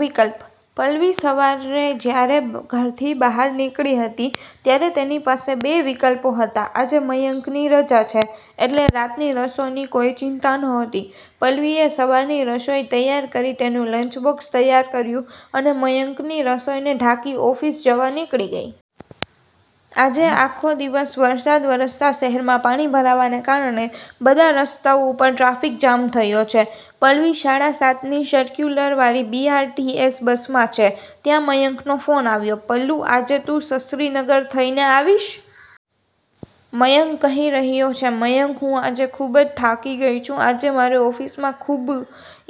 વિકલ્પ: પલ્લવી સવારે જ્યારે ઘરથી બહાર નીકળી હતી ત્યારે તેની પાસે બે વિકલ્પો હતા! આજે મયંકની રજા છે, એટલે રાતની રસોઈની કોઈ ચિંતા નહોતી. પલ્લવીએ સવારની રસોઈ તૈયાર કરી તેનું લન્ચબોક્સ તૈયાર કર્યું અને મયંકની રસોઈને ઢાંકી ઓફીસ જવા નીકળી ગઈ. આજે આખો દિવસ વરસાદ વરસતા શહેરમાં પાણી ભરાવાને કારણે બધા રસ્તાઓ ઉપર ટ્રાફિક જામ થયો છે. પલ્લવી સાડા સાત ની સરક્યુલરવાળી બી.આર.ટી.એસ. બસમાં છે. ત્યાં મયંકનો ફોન આવ્યો, "પલ્લુ, આજે તું શસ્ત્રીનગર થઈને આવીશ?" મયંક કહી રહ્યો છે. "મયંક હું આજે ખૂબ જ થાકી ગઈ છું. આજે મારે ઓફીસમાં ખૂબ."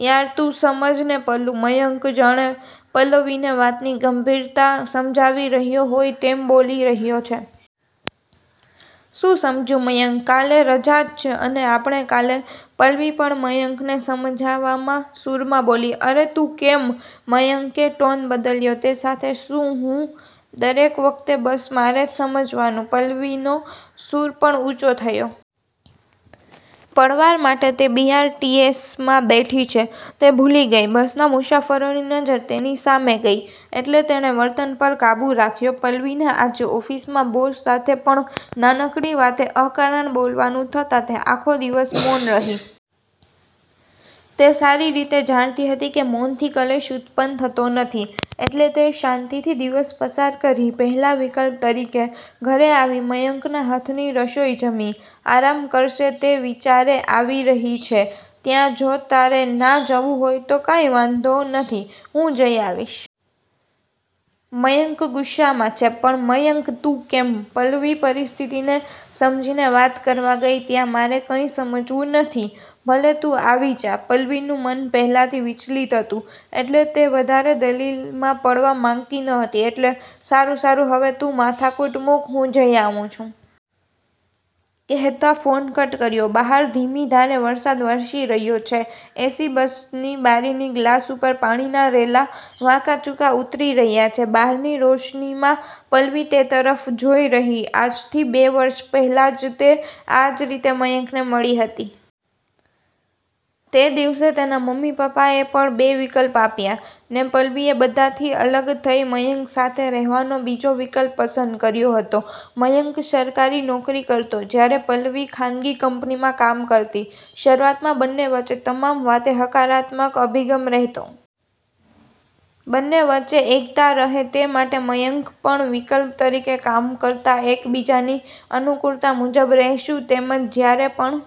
"યાર તું સમજ ને પલ્લુ." મયંક જાણે પલ્લવવીને વાતની ગંભીરતા સમજાવી રહ્યો હોય તેમ બોલી રહ્યો છે! "શું સમજુ મયંક? કાલે રજા જ છે, અને આપણે કાલે," પલ્લવી પણ મયંકને સમજાવવાના સૂરમાં બોલી."'અરે… તું કેમ?" મયંકે ટોન બદલ્યો. તે સાથે "શું, હું? દરેક વખતે બસ મારે જ સમજવાનું?" પલ્લવીનો સૂર પણ ઉંચો થયો. પળવાર માટે તે બી.આર.ટી.એસ.માં બેઠી છે તે ભૂલી ગઈ. બસના મુસાફરોની નજર તેની સામે ગઈ એટલે તેણે વર્તન પર કાબૂ રાખ્યો. પલ્લવીને આજે ઓફિસમાં બોસ સાથે પણ નાનકડી વાતે અકારણ બોલવાનું થતા તે આખો દિવસ મૌન રહી. તે સારી રીતે જાણતી હતી કે મૌનથી ક્લેશ ઉતપન્ન થતો નથી, એટલે તે શાંતિથી દિવસ પસાર કરી પહેલા વિકલ્પ તરીકે ઘરે આવી મયંકના હાથની રસોઈ જમી, આરામ કરશે તે વિચારે આવી રહી છે, ત્યાં, "જો તારે ના જવું હોય તો કાંઈ વાંધો નથી હું જઈ આવીશ." મયંક ગુસ્સામાં છે. "પણ મયંક તું કેમ?" પલ્લવી પરિસ્થિતિ સમજીને વાત કરવા ગઈ ત્યાં, "મારે કાંઈ સમજવું નથી, ભલે તું આવી જા". પલ્લવીનું મન પહેલાથી વિચલિત હતું એટલે તે વધારે દલીલમાં પડવા માંગતી નહોતી એટલે, "સારું-સારું હવે, તું માથાકૂટ મૂક, હું જઈ આવું છું". કહેતા ફોન કટ કર્યો. બહાર ધીમી ધારે વરસાદ વરસી રહ્યો છે. એ.સી. બસની બારીના ગ્લાસ ઊપર પાણીના રેલા વાંકાચૂકા ઊતરી રહ્યા છે. બહારની રોશનીમાં પલ્લવી તે તરફ જોઈ રહી. આજથી બે વરસ પહેલાં જ તે આજ રીતે મયંકને મળી હતી. તે દિવસે તેના મમ્મી-પપ્પા એ પણ બે વિકલ્પ આપ્યા, ને પલ્લવીએ બધાથી અલગ થઈ મયંક સાથે રહેવાનો બીજો વિકલ્પ પસંદ કર્યો હતો. મયંક સરકારી નોકરી કરતો, જયારે પલ્લવી ખાનગી કંપનીમાં કામ કરતી. શરૂઆતમાં બંને વચ્ચે તમામ વાતે હકારાત્મક અભિગમ રહેતો. બંને વચ્ચે એકતા રહે તે માટે મયંકે પણ વિકલ્પ તરીકે કામ કરતા એક બીજાની અનુકૂળતા મુજબ રહેશું, તેમજ જ્યારે પણ